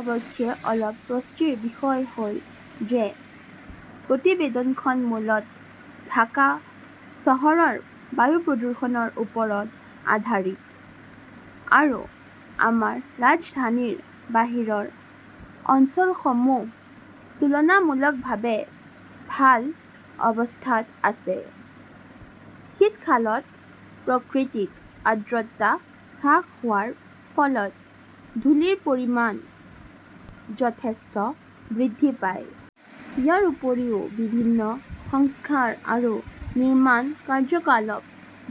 অৱশ্যে, অলপ স্বস্তিৰ বিষয় হ'ল যে, প্ৰতিবেদনখন মূলত ঢাকা চহৰৰ বায়ু প্ৰদূষণৰ ওপৰত আধাৰিত। আৰু আমাৰ ৰাজধানীৰ বাহিৰৰ অঞ্চলসমূহ তুলনামূলকভাৱে ভাল অৱস্থাত আছে। শীতকালত প্ৰকৃতিত আৰ্দ্ৰতা হ্ৰাস হোৱাৰ ফলত ধূলিৰ পৰিমাণ যথেষ্ট বৃদ্ধি পায়। ইয়াৰ উপৰিও, বিভিন্ন সংস্কাৰ আৰু নিৰ্মাণ কাৰ্যকলাপ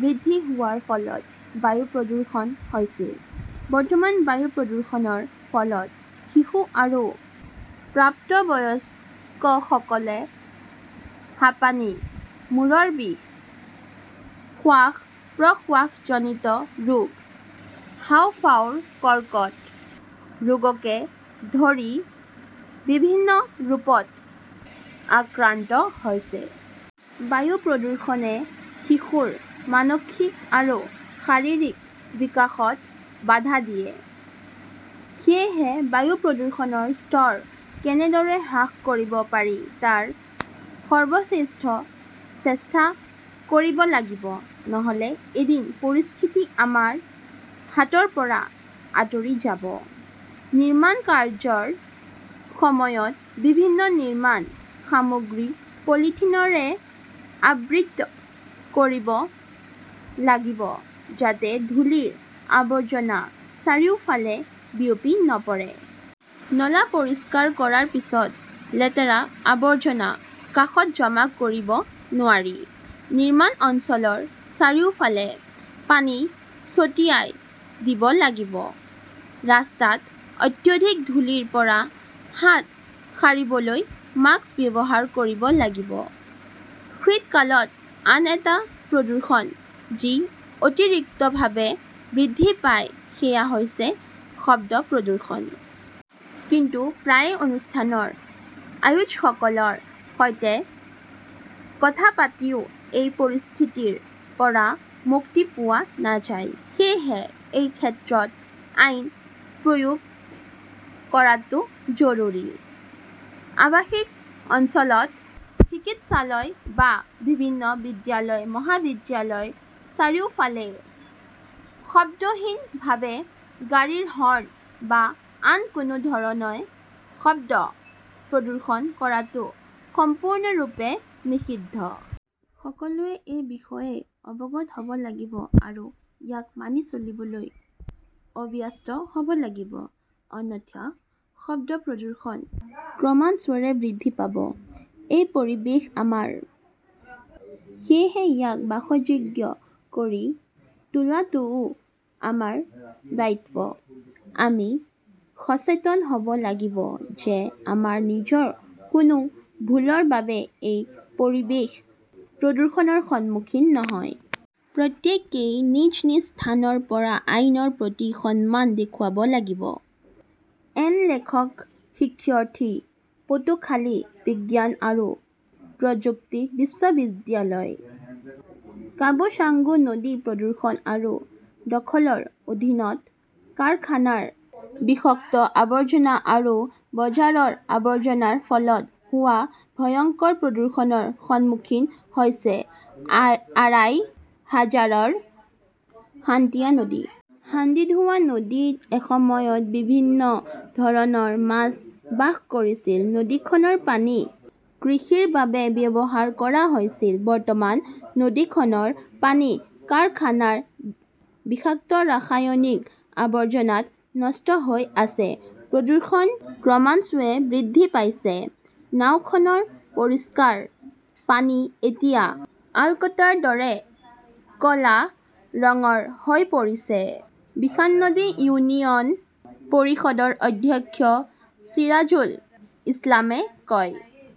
বৃদ্ধি হোৱাৰ ফলত বায়ু প্ৰদূষণ হৈছিল। বৰ্তমান বায়ু প্ৰদূষণৰ ফলত শিশু আৰু প্ৰাপ্তবয়স্কসকলে হাঁপানি, মূৰৰ বিষ, শ্বাস-প্ৰশ্বাসজনিত ৰোগ, হাঁওফাঁওৰ কৰ্কট ৰোগকে ধৰি বিভিন্ন ৰোগত আক্ৰান্ত হৈছে। বায়ু প্ৰদূষণে শিশুৰ মানসিক আৰু শাৰীৰিক বিকাশত বাধা দিয়ে। সেয়েহে বায়ু প্ৰদূষণৰ স্তৰ কেনেদৰে হ্ৰাস কৰিব পাৰি তাৰ সৰ্বশ্ৰেষ্ঠ চেষ্টা কৰিব লাগিব, নহ'লে এদিন পৰিস্থিতি আমাৰ হাতৰ পৰা আঁতৰি যাব। নিৰ্মাণ কাৰ্যৰ সময়ত বিভিন্ন নিৰ্মাণ সামগ্ৰী পলিথিনৰে আবৃত কৰিব লাগিব যাতে ধূলিৰ আৱৰ্জনা চাৰিওফালে বিয়পি নপৰে। নলা পৰিষ্কাৰ কৰাৰ পিছত লেতেৰা আৱৰ্জনা কাষত জমা কৰিব নোৱাৰি। নিৰ্মাণ অঞ্চলৰ চাৰিওফালে পানী ছটিয়াই দিব লাগিব। ৰাস্তাত অত্যাধিক ধূলিৰ পৰা হাত সাৰিবলৈ মাস্ক ব্যৱহাৰ কৰিব লাগিব। শীতকালত আন এটা প্ৰদূষণ যি অতিৰিক্তভাৱে বৃদ্ধি পায় সেয়া হৈছে- শব্দ প্ৰদূষণ। কিন্তু প্ৰায়ে অনুষ্ঠানৰ আয়োজকসকলৰ সৈতে কথা পাতিও এই পৰিস্থিতিৰ পৰা মুক্তি পোৱা নাযায়। সেয়েহে এই ক্ষেত্ৰত আইন প্ৰয়োগ কৰাটো জৰুৰী। আৱাসিক অঞ্চলত, চিকিৎসালয় বা বিভিন্ন বিদ্যালয়-মহাবিদ্যালয়ৰ চাৰিওফালে শব্দহীনভাৱে গাড়ীৰ হৰ্ণ বা আন কোনো ধৰণে শব্দ প্ৰদূষণ কৰাটো সম্পূৰ্ণৰূপে নিষিদ্ধ। সকলোৱে এই বিষয়ে অৱগত হ'ব লাগিব আৰু ইয়াক মানি চলিবলৈ অভ্যস্ত হ'ব লাগিব। অন্যথা, শব্দ প্ৰদূষণ ক্ৰমান্বয়ে বৃদ্ধি পাব। এই পৰিৱেশ আমাৰ। সেয়েহে ইয়াক বাসযোগ্য কৰি তোলাটোও আমাৰ দায়িত্ব। আমি সচেতন হ 'ব লাগিব যে আমাৰ নিজৰ কোনো ভুলৰ বাবে এই পৰিৱেশ প্ৰদূষণৰ সন্মুখীন নহয়। প্ৰত্যেকেই নিজ নিজ স্থানৰ পৰা আইনৰ প্ৰতি সন্মান দেখুৱাব লাগিব। এন লেখক শিক্ষাৰ্থী, পটুখালি বিজ্ঞান আৰু প্ৰযুক্তি বিশ্ববিদ্যালয়। কাবু ছাংগু নদী প্ৰদূষণ আৰু দখলৰ অধীনত কাৰখানাৰ বিষাক্ত আৱৰ্জনা আৰু বজাৰৰ আৱৰ্জনাৰ ফলত হোৱা ভয়ংকৰ প্ৰদূষণৰ সন্মুখীন হৈছে আৰাই হাজাৰৰ হাণ্ডিৱা নদী। হাণ্ডিধোৱা নদীত এসময়ত বিভিন্ন ধৰণৰ মাছ বাস কৰিছিল। নদীখনৰ পানী কৃষিৰ বাবে ব্যৱহাৰ কৰা হৈছিল। বৰ্তমান, নদীখনৰ পানী কাৰখানাৰ বিষাক্ত ৰাসায়নিক আৱৰ্জনাত নষ্ট হৈ আছে। প্ৰদূষণ ক্ৰমান্বয়ে বৃদ্ধি পাইছে। নাওখনৰ পৰিষ্কাৰ পানী এতিয়া আলকাট্ৰাৰ দৰে ক 'লা ৰঙৰ হৈ পৰিছে। বিশানন্দী ইউনিয়ন পৰিষদৰ অধ্যক্ষ চিৰাজুল ইছলামে কয়।